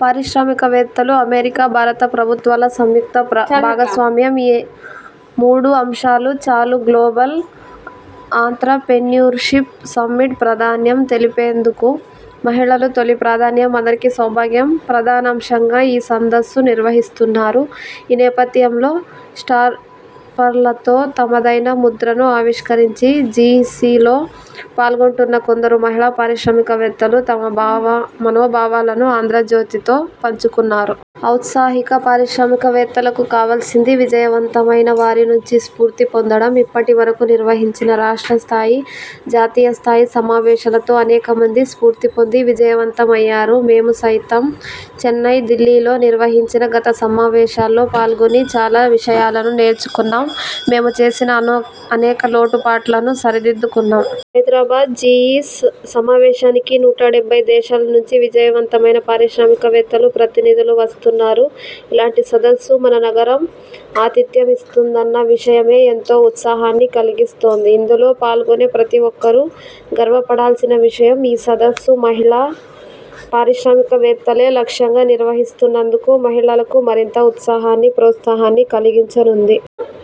పారిశ్రామికవేత్తలు అమెరికా, భారత ప్రభుత్వాల సంయుక్త భాగస్వామ్యం. ఈ మూడు అంశాలు చాలు గ్లోబల్ ఆంత్రప్రెన్యూర్షిప్ సమ్మిట్ ప్రాధాన్యం తెలిపేందుకు. మహిళకు తొలి ప్రాధాన్యం అందరికీ సౌభాగ్యం ప్రధానాంశంగా ఈ సదస్సు నిర్వహిస్తున్నారు. ఈ నేపథ్యంలో స్టార్ట్పలతో తమదైన ముద్రను ఆవిష్కరించి, జిఈ్సలో పాల్గొంటున్న కొందరు మహిళా పారిశ్రామికవేత్తలు తమ మనోభావాలను ఆంధ్రజ్యోతితో పంచుకున్నారు. ఔత్సాహిక పారిశ్రామికవేత్తలకు కావాల్సింది విజయవంతమైన వారినుంచి స్ఫూర్తి పొందడం. ఇప్పటి వరకు నిర్వహించిన రాష్ట్రస్థాయి, జాతీయ స్థాయి సమావేశాలతో అనేకమంది స్ఫూర్తి పొంది విజయవంతమయ్యారు. మేము సైతం చెన్నై, దిల్లీలో నిర్వహించిన గత సమావేశాల్లో పాల్గొని చాలా విషయాలను నేర్చుకున్నాం. మేము చేసిన అనో అనేక లోటు పాట్లను సరిదిద్దుకున్నాం. హైదరాబాద్ జిఈస్ సమావేశానికి నూట డెబ్బై దేశాలనుంచి విజయవంతమైన పారిశ్రామికవేత్తలు, ప్రతినిధులు వస్తున్నారు. ఇలాంటి సదస్సు మన నగరం ఆతిథ్యమిస్తుందన్న విషయమే ఎంతో ఉత్సాహాన్ని కలిగిస్తోంది. ఇందులో పాల్గొనే ప్రతి ఒక్కరూ గర్వపడాల్సిన విషయం. ఈ సదస్సు మహిళా పారిశ్రామికవేత్తలే లక్ష్యంగా నిర్వహిస్తున్నందున మహిళలకు మరింత ఉత్సాహాన్ని, ప్రోత్సాహాన్ని కలిగించనుంది.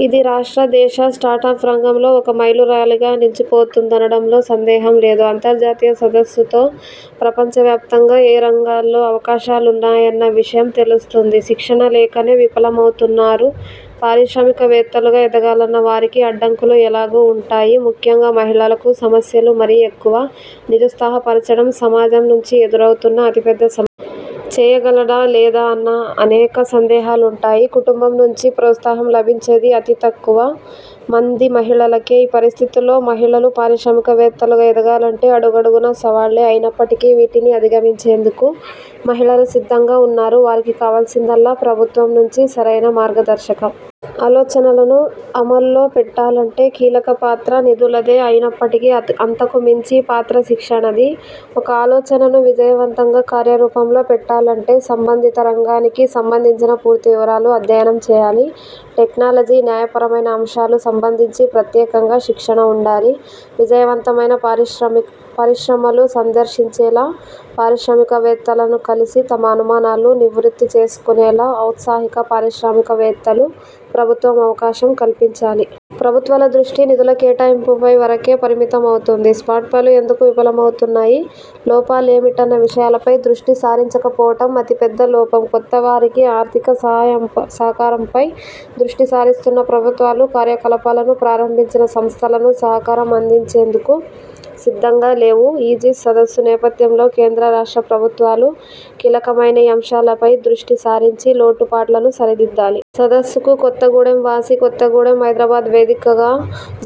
ఇది రాష్ట్ర, దేశ స్టార్టప్ రంగంలో ఓ మైలురాయిగా నిలిచిపోతుందనడంలో సందేహం లేదు. అంతర్జాతీయ సదస్సుతో ప్రపంచవ్యాప్తంగా ఏ రంగాల్లో అవకాశాలున్నాయన్న విషయం తెలుస్తుంది. శిక్షణ లేకనే విఫలమవుతున్నారు .పారిశ్రామికవేత్తలుగా ఎదగాలన్న వారికి అడ్డంకులు ఎలాగూ ఉంటాయి. ముఖ్యంగా మహిళలకు సమస్యలు మరీ ఎక్కువ. నిరుత్సాహపరచడం సమాజం నుంచి ఎదురవుతున్న అతిపెద్ద సమస్య. చేయగలదా లేదా అన్న అనేక సందేహాలుంటాయి. కుటుంబం నుంచి కూడా ప్రోత్సాహం లభించేది అతి తక్కువ మంది మహిళలకే. ఈ పరిస్థితుల్లో మహిళలు పారిశ్రామికవేత్తలుగా ఎదగాలంటే అడుగడుగునా సవాళ్లే. అయినప్పటికీ వీటిని అధిగమించేందుకు మహిళలు సిద్ధంగా ఉన్నారు. వారికి కావాల్సిందల్లా ప్రభుత్వం నుంచి సరైన మార్గదర్శకం. ఆలోచనను అమల్లో పెట్టాలంటే కీలకపాత్ర నిధులదే అయినప్పటికీ అంతకుమించిన పాత్ర శిక్షణది. ఒక ఆలోచనను విజయవంతంగా కార్యరూపంలో పెట్టాలంటే సం బంధిత రంగానికి సంబంధించిన పూర్తి వివరాలు అధ్యయనం చేయాలి. టెక్నాలజీ, న్యాయపరమైన అంశాలకు సంబంధించి ప్రత్యేకంగా శిక్షణ ఉండాలి. విజయవంతమైన పరిశ్రమలు సందర్శించేలా, పారిశ్రామికవేత్తలను కలిసి తమ అనుమానాలు నివృత్తి చేసుకునేలా ఔత్సాహిక పారిశ్రామికవేత్తలు ప్రభుత్వం అవకాశం కల్పించాలి. ప్రభుత్వాల దృష్టి నిధుల కేటాయింపు పై వరకే పరిమితమవుతోంది. స్టార్ట్పలు ఎందుకు విఫలమవుతున్నాయి.? లోపాలేమిటన్న విషయాలపై దృష్టి సారించకపోవడం అతిపెద్ద లోపం. కొత్తవారికి ఆర్థిక సహాయం సహకారంపై దృష్టి సారిస్తున్న ప్రభుత్వాలు కార్యకలాపాలను ప్రారంభించిన సంస్థలకు సహకారం అందించేందుకు సిద్దంగా లేవు. జిఈస్ సదస్సు నేపథ్యంలో కేంద్ర, రాష్ట్ర ప్రభుత్వాలు కీలకమైన ఈ అంశాలపై దృష్టి సారించి లోటు పాట్లను సరిదిద్దాలి. సదస్సుకు కొత్తగూడెం వాసి కొత్తగూడెం హైదరాబాద్ వేదికగా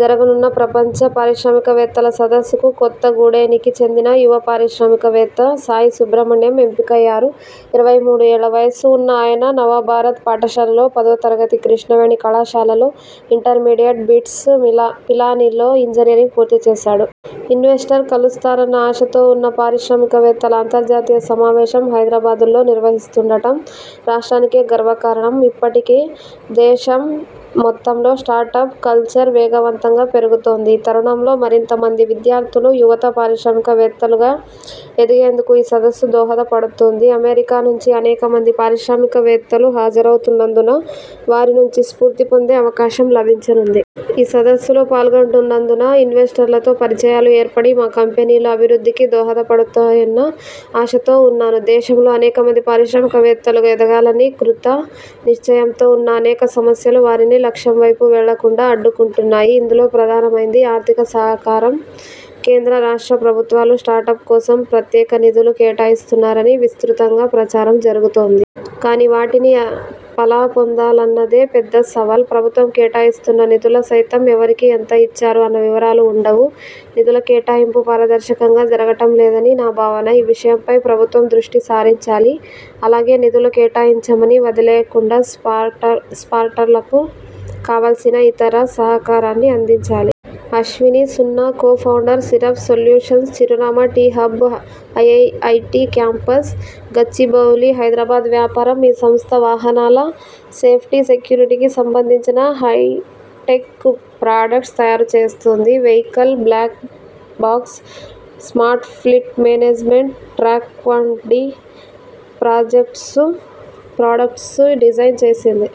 జరగనున్న ప్రపంచ పారిశ్రామికవేత్తల సదస్సుకు కొత్తగూడేనికి చెందిన యువ పారిశ్రామికవేత్త సాయి సుబ్రమణ్యం ఎంపికయ్యారు. ఇరవై మూడు ఏళ్ల వయస్సు ఉన్న ఆయన నవభారత్ పాఠశాలలో పదో తరగతి, కృష్ణవేణి కళాశాలలో ఇంటర్మీడియట్, బిట్స్ పిలానీలో ఇంజనీరింగ్ పూర్తిచేశాడు. ఇన్వెస్టర్లు కలుస్తారన్న ఆశతో ఉన్నా పారిశ్రామికవేత్తల అంతర్జాతీయ సమావేశం హైదరాబాద్లో నిర్వహిస్తుండటం రాష్ట్రానికే గర్వకారణం. ఇప్పటికే దేశం మొత్తంలో స్టార్టప్ కల్చర్ వేగవంతంగా పెరుగుతోంది. ఈ తరుణంలో మరింత మంది విద్యార్థులు, యువత పారిశ్రామికవేత్తలుగా ఎదిగేందుకు ఈ సదస్సు దోహదపడుతుంది. అమెరికా నుంచి అనేక మంది పారిశ్రామికవేత్తలు హజరవుతున్నందున వారినుంచి స్ఫూర్తి పొందే అవకాశం లభించనుంది. ఈ సదస్సులో పాల్గొంటున్నందున ఇన్వెస్టర్లతో పరిచయాలు ఏర్పడి మా కంపెనీ అభివృద్ధికి దోహదపడుతాయన్న ఆశతో ఉన్నాను. దేశంలో అనేకమంది పారిశ్రామికవేత్తలుగా ఎదగాలని కృతనిశ్చయంతో ఉన్నా అనేక సమస్యలు వారిని లక్ష్యం వైపు వెళ్లకుండా అడ్డుకుంటున్నాయి. ఇందులో ప్రధానమైంది ఆర్థిక సహకారం. కేంద్ర, రాష్ట్ర ప్రభుత్వాలు స్టార్టప్ల కోసం ప్రత్యేక నిధులు కేటాయిస్తున్నారని విస్తృతంగా ప్రచారం జరుగుతోంది. కానీ వాటిని పలా పొందాలన్నదే పెద్ద సవాల్. ప్రభుత్వం కేటాయిస్తున్న నిధులు సైతం ఎవరికి, ఎంత ఇచ్చారు అన్న వివరాలు ఉండవు. నిధుల కేటాయింపు పారదర్శకంగా జరగటం లేదని నా భావన. ఈ విషయంపై ప్రభుత్వం దృష్టి సారించాలి. అలాగే నిధులు కేటాయించమని వదిలేయకుండా స్పాట్ స్టార్ట్పలకు కావాల్సిన ఇతర సహకారాన్నీ అందించాలి. Ashwini Nunna, co founder, syrup solutions చిరునామా T. Hub, IIIT campus, Gachibowli, Hyderabad వ్యాపారం ఈ సంస్థ వాహనల సేఫ్టీ, సెక్యూరిటీకి సంబంధించిన హైటెక్ ప్రాడక్ట్స్ తయారు చేస్తోంది. Vehicle black box, smart fleet management, ట్రాక్డ్వంటి ప్రాజెక్ట్స్ ప్రాడక్ట్స్ను డిజైన్ చేసింది.